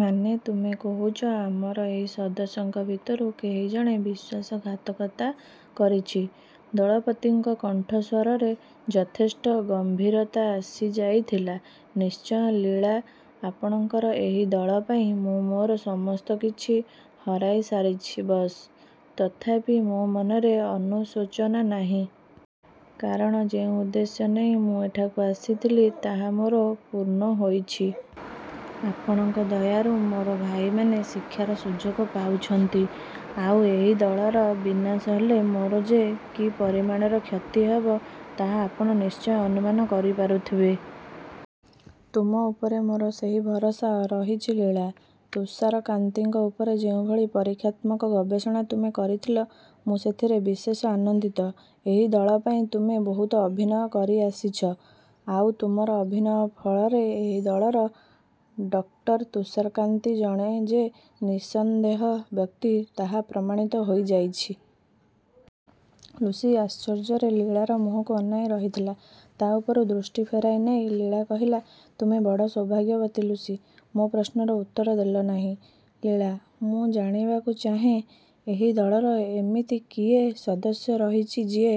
ମାନେ ତୁମେ କହୁଛ ଆମର ଏହି ସଦସ୍ୟଙ୍କ ଭିତରୁ କେହି ଜଣେ ବିଶ୍ୱାସଘାତକତା କରିଛି? ଦଳପତିଙ୍କ କଣ୍ଠସ୍ୱରରେ ଯଥେଷ୍ଟ ଗମ୍ଭୀରତା ଆସିଯାଇଥିଲା। ନିଶ୍ଚୟ ଲୀଳା ଆପଣଙ୍କର ଏହି ଦଳ ପାଇଁ ମୁଁ ମୋର ସମସ୍ତ କିଛି ହରାଇସାରିଛି ବସ୍। ତଥାପି ମୋ ମନରେ ଅନୁଶୋଚନା ନାହିଁ। କାରଣ ଯେଉଁ ଉଦ୍ଦେଶ୍ୟ ନେଇ ମୁଁ ଏଠାକୁ ଆସିଥିଲି ତାହା ମୋର ପୂର୍ଣ୍ଣ ହୋଇଛି। ଆପଣଙ୍କ ଦୟାରୁ ମୋର ଭାଇମାନେ ଶିକ୍ଷାର ସୁଯୋଗ ପାଉଛନ୍ତି। ଆଉ ଏହି ଦଳର ବିନାଶ ହେଲେ ମୋର ଯେ କି ପରିମାଣରେ କ୍ଷତି ହେବ ତାହା ଆପଣ ନିଶ୍ଚୟ ଅନୁମାନ କରିପାରୁଥିବେ। ତୁମ ଉପରେ ମୋର ସେହି ଭରସା ରହିଛି ଲୀଳା। ତୁଷାରକାନ୍ତିଙ୍କ ଉପରେ ଯେଉଁଭଳି ପରୀକ୍ଷାତ୍ମକ ଗବେଷଣା ତୁମେ କରିଥିଲ ମୁଁ ସେଥିରେ ବିଶେଷ ଆନନ୍ଦିତ। ଏହି ଦଳ ପାଇଁ ତୁମେ ବହୁତ ଅଭିନୟ କରିଆସିଛ। ଆଉ ତୁମର ଅଭିନୟ ଫଳରେ ଏହି ଦଳର ଡକ୍ଟର ତୁଷାରକାନ୍ତି ଜଣେ ଯେ ନିଃସନ୍ଦେହ ବ୍ୟକ୍ତି ତାହା ପ୍ରମାଣିତ ହୋଇଯାଇଛି। ଲୁସି ଆଶ୍ଚର୍ଯ୍ୟରେ ଲୀଳାର ମୁହଁକୁ ଅନାଇ ରହିଥିଲା। ତା’ ଉପରୁ ଦୃଷ୍ଟି ଫେରାଇ ନେଇ ଲୀଳା କହିଲା ତୁମେ ବଡ଼ ସୌଭାଗ୍ୟବତୀ ଲୁସି! ମୋ ପ୍ରଶ୍ନର ଉତ୍ତର ଦେଲ ନାହିଁ ଲୀଳା! ମୁଁ ଜାଣିବାକୁ ଚାହେଁ ଏହି ଦଳର ଏମିତି କିଏ ସଦସ୍ୟ ରହିଛି ଯିଏ...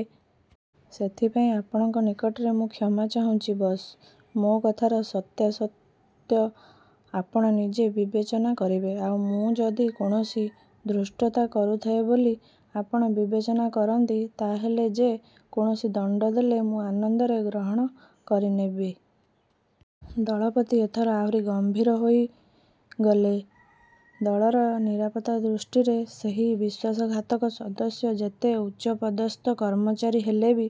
ସେଥିପାଇଁ ଆପଣଙ୍କ ନିକଟରେ ମୁଁ କ୍ଷମା ଚାହୁଁଛି ବସ୍। ମୋ କଥାର ସତ୍ୟାସତ୍ୟ ଆପଣ ନିଜେ ବିବେଚନା କରିବେ। ଆଉ ମୁଁ ଯଦି କୌଣସି ଧୃଷ୍ଟତା କରୁଥାଏ ବୋଲି ଆପଣ ବିବେଚନା କରନ୍ତି ତା’ ହେଲେ ଯେ କୌଣସି ଦଣ୍ଡ ଦେଲେ ମୁଁ ଆନନ୍ଦରେ ଗ୍ରହଣ କରିନେବି। ଦଳପତି ଏଥର ଆହୁରି ଗମ୍ଭୀର ହୋଇଗଲେ। ଦଳର ନିରାପତ୍ତା ଦୃଷ୍ଟିରେ ସେହି ବିଶ୍ୱାସଘାତକ ସଦସ୍ୟ ଯେତେ ଉଚ୍ଚପଦସ୍ଥ କର୍ମଚାରୀ ହେଲେ ବି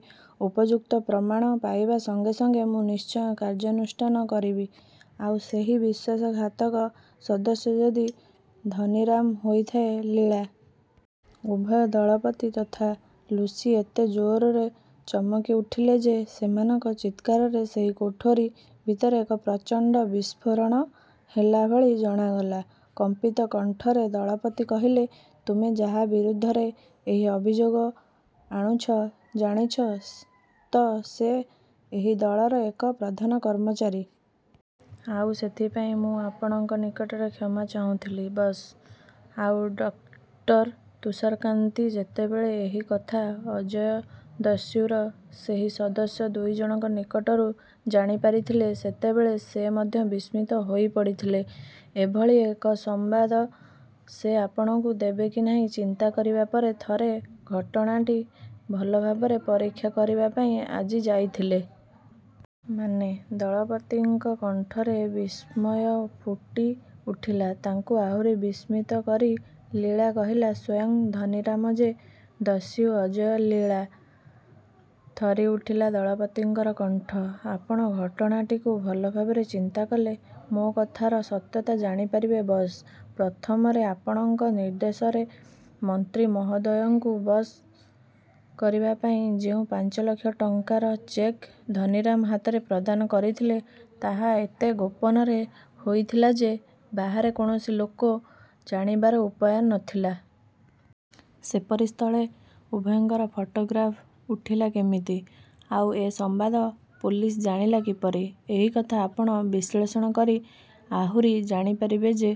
ଉପଯୁକ୍ତ ପ୍ରମାଣ ପାଇବା ସଙ୍ଗେ ସଙ୍ଗେ ମୁଁ ନିଶ୍ଚୟ କାର୍ଯ୍ୟାନୁଷ୍ଠାନ କରିବି। ଆଉ ସେହି ବିଶ୍ୱାସଘାତକ ସଦସ୍ୟ ଯଦି ଧନୀରାମ ହୋଇଥାଏ? ଲୀଳା! ଉଭୟ ଦଳପତି ତଥା ଲୁସି ଏତେ ଜୋରରେ ଚମକିଉଠିଲେ ଯେ ସେମାନଙ୍କ ଚିତ୍କାରରେ ସେହି କୋଠରି ଭିତରେ ଏକ ପ୍ରଚଣ୍ଡ ବିସ୍ଫୋରଣ ହେଲା ଭଳି ଜଣାଗଲା। କମ୍ପିତ କଣ୍ଠରେ ଦଳପତି କହିଲେ ତୁମେ ଯାହା ବିରୁଦ୍ଧରେ ଏହି ଅଭିଯୋଗ ଆଣୁଛ ଜାଣିଛ ତ ସେ ଏହି ଦଳର ଏକ ପ୍ରଧାନ କର୍ମଚାରୀ! ଆଉ ସେଥିପାଇଁ ମୁଁ ଆପଣଙ୍କ ନିକଟରେ କ୍ଷମା ଚାହିଁଥିଲି ବସ୍। ଆଉ ଡକ୍ଟର ତୁଷାରକାନ୍ତି ଯେତେବେଳେ ଏହି କଥା ଅଜୟ ଦସ୍ୟୁର ସେହି ସଦସ୍ୟ ଦୁଇ ଜଣଙ୍କ ନିକଟରୁ ଜାଣିପାରିଥିଲେ ସେତେବେଳେ ସେ ମଧ୍ୟ ବିସ୍ମିତ ହୋଇପଡ଼ିଥିଲେ। ଏଭଳି ଏକ ସମ୍ବାଦ ସେ ଆପଣଙ୍କୁ ଦେବେ କି ନାହିଁ ଚିନ୍ତା କରିବା ପରେ ଥରେ ଘଟଣାଟି ଭଲ ଭାବରେ ପରୀକ୍ଷା କରିବା ପାଇଁ ଆଜି ଯାଇଥିଲେ। ମାନେ? ଦଳପତିଙ୍କ କଣ୍ଠରେ ବିସ୍ମୟ ଫୁଟିଉଠିଲା। ତାଙ୍କୁ ଆହୁରି ବିସ୍ମିତ କରି ଲୀଳା କହିଲା ସ୍ୱୟଂ ଧନୀରାମ ଯେ ଦସ୍ୟୁ ଅଜୟ ଲୀଳା! ଥରିଉଠିଲା ଦଳପତିଙ୍କର କଣ୍ଠ। ଆପଣ ଘଟଣାଟିକୁ ଭଲ ଭାବରେ ଚିନ୍ତା କଲେ ମୋ କଥାର ସତ୍ୟତା ଜାଣିପାରିବେ ବସ୍। ପ୍ରଥମରେ ଆପଣଙ୍କ ନିର୍ଦ୍ଦେଶରେ ମନ୍ତ୍ରୀ ମହୋଦୟଙ୍କୁ ବଶ କରିବା ପାଇଁ ଯେଉଁ ପାଞ୍ଚ ଲକ୍ଷ ଟଙ୍କାର ଚେକ୍ ଧନୀରାମ ହାତରେ ପ୍ରଦାନ କରିଥିଲେ ତାହା ଏତେ ଗୋପନରେ ହୋଇଥିଲା ଯେ ବାହାରେ କୌଣସି ଲୋକ ଜାଣିବାର ଉପାୟ ନ ଥିଲା। ସେପରି ସ୍ଥଳେ ଉଭୟଙ୍କର ଫଟୋଗ୍ରାଫ୍ ଉଠିଲା କେମିତି? ଆଉ ଏ ସମ୍ବାଦ ପୋଲିସ ଜାଣିଲା କିପରି? ଏହି କଥା ଆପଣ ବିଶ୍ଳେଷଣ କଲେ ଆହୁରି ଜାଣିପାରିବେ ଯେ